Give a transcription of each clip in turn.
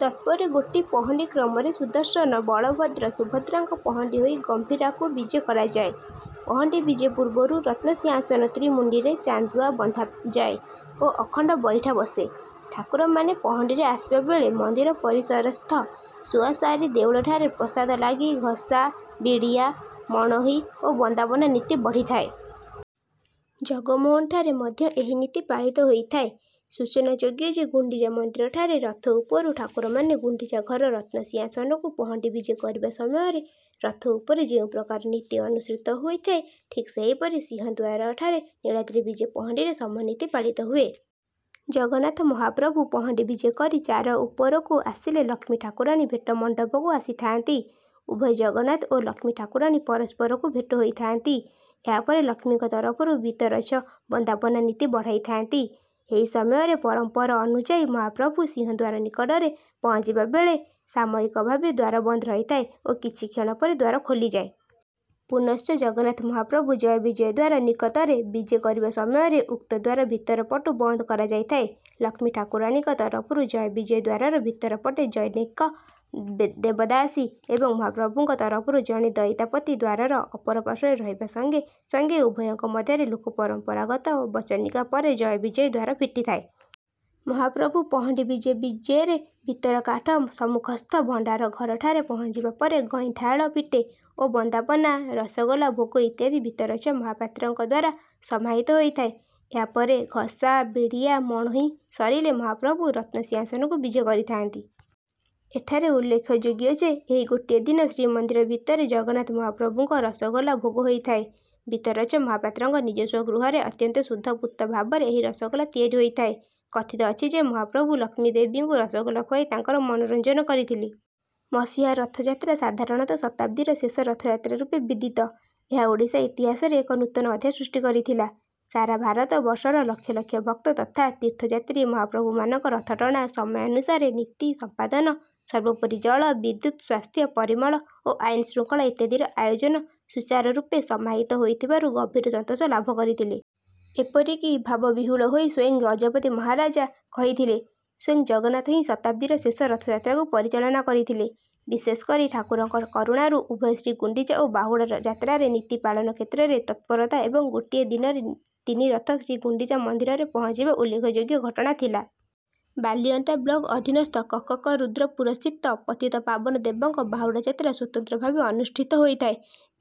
ତତ୍ପରେ ଗୋଟି ପହଣ୍ଡି କ୍ରମରେ ସୁଦର୍ଶନ, ବଳଭଦ୍ର, ସୁଭଦ୍ରାଙ୍କ ପହଣ୍ଡି ହୋଇ ଗମ୍ଭୀରାକୁ ବିଜେ କରାଯାଏ। ପହଣ୍ଡି ବିଜେ ପୂର୍ବରୁ ରତ୍ନସିଂହାସନ ତ୍ରିମୁଣ୍ଡିରେ ଚାନ୍ଦୁଆ ବନ୍ଧାଯାଏ ଓ ଅଖଣ୍ଡ ବଇଠା ବସେ। ଠାକୁରମାନେ ପହଣ୍ଡିରେ ଆସିବାବେଳେ ମନ୍ଦିର ପରିସରସ୍ଥ ଶୁଆଶାରୀ ଦେଉଳଠାରେ ପ୍ରସାଦ ଲାଗି, ଘସା, ବିଡିଆ ମଣୋହି ଓ ବନ୍ଦାପନା ନୀତି ବଢ଼ିଥାଏ। ଜଗମୋହନଠାରେ ମଧ୍ୟ ଏହି ନୀତି ପାଳିତ ହୋଇଥାଏ। ସୂଚନାଯୋଗ୍ୟ ଯେ, ଗୁଣ୍ଡିଚା ମନ୍ଦିରଠାରେ ରଥ ଉପରୁ ଠାକୁରମାନେ ଗୁଣ୍ଡିଚା ଘର ରତ୍ନସିଂହାସନକୁ ପହଣ୍ଡି ବିଜେ କରିବା ସମୟରେ ରଥ ଉପରେ ଯେଉଁ ପ୍ରକାର ନୀତି ଅନୁସୃତ ହୋଇଥାଏ, ଠିକ୍ ସେହିପରି ସିଂହଦ୍ୱାରଠାରେ ନୀଳାଦ୍ରି ବିଜେ ପହଣ୍ଡିରେ ସମ ନୀତି ପାଳିତ ହୁଏ। ଜଗନ୍ନାଥ ମହାପ୍ରଭୁ ପହଣ୍ଡି ବିଜେ କରି ଚାର ଉପରକୁ ଆସିଲେ ଲକ୍ଷ୍ମୀ ଠାକୁରାଣୀ ଭେଟ ମଣ୍ଡପକୁ ଆସିଥାନ୍ତି। ଉଭୟ ଜଗନ୍ନାଥ ଓ ଲକ୍ଷ୍ମୀ ଠାକୁରାଣୀ ପରସ୍ପରକୁ ଭେଟ ହୋଇଥାନ୍ତି। ଏହାପରେ ଲକ୍ଷ୍ମୀଙ୍କ ତରଫରୁ ଭିତରଚ୍ଛ ବନ୍ଦାପନା ନୀତି ବଢ଼ାଇଥାନ୍ତି। ଏହି ସମୟରେ ପରମ୍ପର ଅନୁଯାୟୀ ମହାପ୍ରଭୁ ସିଂହଦ୍ୱାର ନିକଟରେ ପହଞ୍ଚିବା ବେଳେ ସାମୟିକ ଭାବେ ଦ୍ୱାର ବନ୍ଦ ରହିଥାଏ ଓ କିଛି କ୍ଷଣ ପରେ ଦ୍ୱାର ଖୋଲିଯାଏ। ପୁନଶ୍ଚ ଜଗନ୍ନାଥ ମହାପ୍ରଭୁ ଜୟ ବିଜୟ ଦ୍ୱାର ନିକତରେ ବିଜେ କରିବା ସମୟରେ ଉକ୍ତ ଦ୍ୱାର ଭିତର ପଟୁ ବନ୍ଦ କରାଯାଇଥାଏ। ଲକ୍ଷ୍ମୀ ଠାକୁରାଣୀଙ୍କ ତରଫରୁ ଜୟ ବିଜୟ ଦ୍ୱାରର ଭିତର ପଟେ ଜନୈକ ଦେବଦାସୀ ଏବଂ ମହାପ୍ରଭୁଙ୍କ ତରଫରୁ ଜଣେ ଦଇତାପତି ଦ୍ୱାରର ଅପରପାର୍ଶ୍ୱରେ ରହିବା ସଙ୍ଗେ ସଙ୍ଗେ ଉଭୟଙ୍କ ମଧ୍ୟରେ ଲୋକ ପରମ୍ପରାଗତ ବଚନିକା ପରେ ଜୟ ବିଜୟ ଦ୍ୱାର ଫିଟିଥାଏ। ମହାପ୍ରଭୁ ପହଣ୍ଡି ବିଜେ ବିଜେରେ ଭିତର କାଠ ସମ୍ମୁଖସ୍ଥ ଭଣ୍ଡାର ଘରଠାରେ ପହଞ୍ଚିବା ପରେ ଗଇଁଠାଳ ଫିଟେ ଓ ବନ୍ଦାପନା, ରସ ଗୋଲା ଭୋଗ ଇତ୍ୟାଦି ଭିତରଚ୍ଛ ମହାପାତ୍ରଙ୍କଦ୍ୱାରା ସମାହିତ ହୋଇଥାଏ। ଏହା ପରେ ଘସା, ବିଡିଆ ମଣୋହି ସରିଲେ ମହାପ୍ରଭୁ ରତ୍ନସିଂହାସନକୁ ବିଜେ କରିଥାନ୍ତି। ଏଠାରେ ଉଲ୍ଲେଖଯୋଗ୍ୟ ଯେ, ଏହି ଗୋଟିଏ ଦିନ ଶ୍ରୀମନ୍ଦିର ଭିତରେ ଜଗନ୍ନାଥ ମହାପ୍ରଭୁଙ୍କ ରସଗୋଲା ଭୋଗ ହୋଇଥାଏ। ଭିତରଚ୍ଛ ମହାପାତ୍ରଙ୍କ ନିଜସ୍ୱ ଗୃହରେ ଅତ୍ୟନ୍ତ ଶୁଦ୍ଧ ପୂତ ଭାବରେ ଏହି ରସଗୋଲା ତିଆରି ହୋଇଥାଏ। କଥିତ ଅଛି ଯେ, ମହାପ୍ରଭୁ ଲକ୍ଷ୍ମୀଦେବୀଙ୍କୁ ରସଗୋଲା ଖୁଆଇ ତାଙ୍କର ମନୋରଞ୍ଜନ କରିଥିଲେ। ମସିହା ରଥଯାତ୍ରା ସାଧାରଣତଃ ଶତାବ୍ଦୀର ଶେଷ ରଥଯାତ୍ରା ରୂପେ ବିଦିତ। ଏହା ଓଡ଼ିଶା ଇତିହାସରେ ଏକ ନୂତନ ଅଧ୍ୟାୟ ସୃଷ୍ଟି କରିଥିଲା। ସାରା ଭାରତ ବର୍ଷର ଲକ୍ଷ ଲକ୍ଷ ଭକ୍ତ ତଥା ତୀର୍ଥଯାତ୍ରୀ ମହାପ୍ରଭୁମାନଙ୍କ ରଥଟଣା, ସମୟାନୁସାରେ ନୀତି ସମ୍ପାଦନ, ସର୍ବୋପରି ଜଳ, ବିଦ୍ୟୁତ, ସ୍ୱାସ୍ଥ୍ୟ, ପରିମଳ ଓ ଆଇନ ଶୃଙ୍ଖଳା ଇତ୍ୟାଦିର ଆୟୋଜନ ସୂଚାରରୂପେ ସମାହିତ ହୋଇଥିବାରୁ ଗଭୀର ସନ୍ତୋଷ ଲାଭ କରିଥିଲେ। ଏପରିକି ଭାବବିହ୍ୱଳ ହୋଇ ସ୍ୱଂୟ ଗଜପତି ମହାରାଜା କହିଥିଲେ: ସ୍ୱଂୟ ଜଗନ୍ନାଥ ହିଁ ଶତାବ୍ଦୀର ଶେଷ ରଥଯାତ୍ରାକୁ ପରିଚାଳନା କରିଥିଲେ। ବିଶେଷ କରି ଠାକୁରଙ୍କ କରୁଣାରୁ ଉଭୟ ଶ୍ରୀଗୁଣ୍ଡିଚା ଓ ବାହୁଡା ଯାତ୍ରାରେ ନୀତି ପାଳନ କ୍ଷେତ୍ରରେ ତତ୍ପରତା ଏବଂ ଗୋଟିଏ ଦିନରେ ତିନି ରଥ ଶ୍ରୀଗୁଣ୍ଡିଚା ମନ୍ଦିରରେ ପହଞ୍ଚିବା ଉଲ୍ଲେଖଯୋଗ୍ୟ ଘଟଣା ଥିଲା। ବାଲିଅନ୍ତା ବ୍ଲକ ଅଧିନସ୍ଥ କକକରୁଦ୍ରପୁରସ୍ଥିତ ପତିତପାବନଦେବଙ୍କ ବାହୁଡ଼ା ଯାତ୍ରା ସ୍ୱତନ୍ତ୍ର ଭାବେ ଅନୁଷ୍ଠିତ ହୋଇଥାଏ।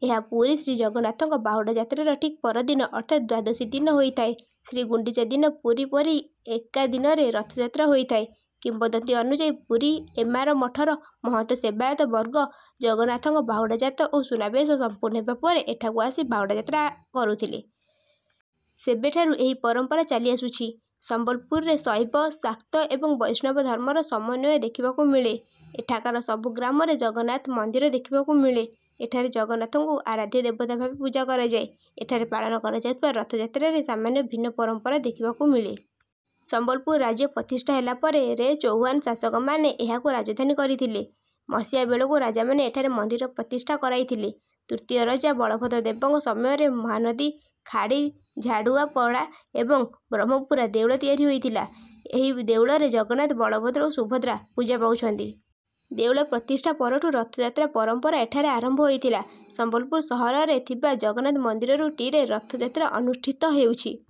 ଏହା ପୁରୀ ଶ୍ରୀ ଜଗନ୍ନାଥଙ୍କ ବାହୁଡ଼ା ଯାତ୍ରାର ଠିକ ପରଦିନ ଅର୍ଥାତ ଦ୍ୱାଦଶୀ ଦିନ ହୋଇଥାଏ। ଶ୍ରୀଗୁଣ୍ଡିଚା ଦିନ ପୁରୀ ପରି ଏକା ଦିନରେ ରଥଯାତ୍ରା ହୋଇଥାଏ। କିମ୍ବଦନ୍ତୀ ଅନୁଯାୟୀ ପୁରୀ ଏମାର ମଠର ମହନ୍ତ ସେବାୟତ ବର୍ଗ ଜଗନ୍ନାଥଙ୍କ ବାହୁଡ଼ା ଯାତ ଓ ସୁନାବେଶ ସମ୍ପୂର୍ଣ୍ଣ ହେବା ପରେ ଏଠାକୁ ଆସି ବାହୁଡ଼ା ଯାତ୍ରା କରୁଥିଲେ। ସେବେଠାରୁ ଏହି ପରମ୍ପରା ଚାଲି ଆସୁଛି। ସମ୍ବଲପୁରରେ ଶୈବ, ଶାକ୍ତ, ଏବଂ ବୈଷ୍ଣବ ଧର୍ମର ସମନ୍ୱୟ ଦେଖିବାକୁ ମିଳେ। ଏଠାକାର ସବୁ ଗ୍ରାମରେ ଜଗନ୍ନାଥ ମନ୍ଦିର ଦେଖିବାକୁ ମିଳେ। ଏଠାରେ ଜଗନ୍ନାଥଙ୍କୁ ଆରାଧ୍ୟ ଦେବତା ଭାବେ ପୂଜା କରାଯାଏ। ଏଠାରେ ପାଳନ କରାଯାଉଥିବା ରଥଯାତ୍ରାରେ ସାମାନ୍ୟ ଭିନ୍ନ ପରମ୍ପରା ଦେଖିବାକୁ ମିଳେ। ସମ୍ବଲପୁର ରାଜ୍ୟ ପ୍ରତିଷ୍ଠା ହେଲାପରେ ରେ ଚୌହାନ ଶାସକମାନେ ଏହାକୁ ରାଜଧାନୀ କରିଥିଲେ। ମସିହା ବେଳକୁ ରାଜାମାନେ ଏଠାରେ ମନ୍ଦିର ପ୍ରତିଷ୍ଠା କରାଇଥିଲେ। ତୃତୀୟ ରଜା ବଳଭଦ୍ର ଦେବଙ୍କ ସମୟରେ ମହାନଦୀ ଖାଡ଼ି ଝାଡ଼ୁଆପଡ଼ା ଏବଂ ବ୍ରହ୍ମପୁରା ଦେଉଳ ତିଆରି ହୋଇଥିଲା। ଏହି ଦେଉଳରେ ଜଗନ୍ନାଥ, ବଳଭଦ୍ର ଓ ସୁଭଦ୍ରା ପୂଜା ପାଉଛନ୍ତି। ଦେଉଳ ପ୍ରତିଷ୍ଠା ପରଠୁ ରଥଯାତ୍ରା ପରମ୍ପରା ଏଠାରେ ଆରମ୍ଭ ହୋଇଥିଲା। ସମ୍ବଲପୁର ସହରରେ ଥିବା ଜଗନ୍ନାଥ ମନ୍ଦିରରୁ ଟିରେ ରଥଯାତ୍ରା ଅନୁଷ୍ଠିତ ହେଉଛି।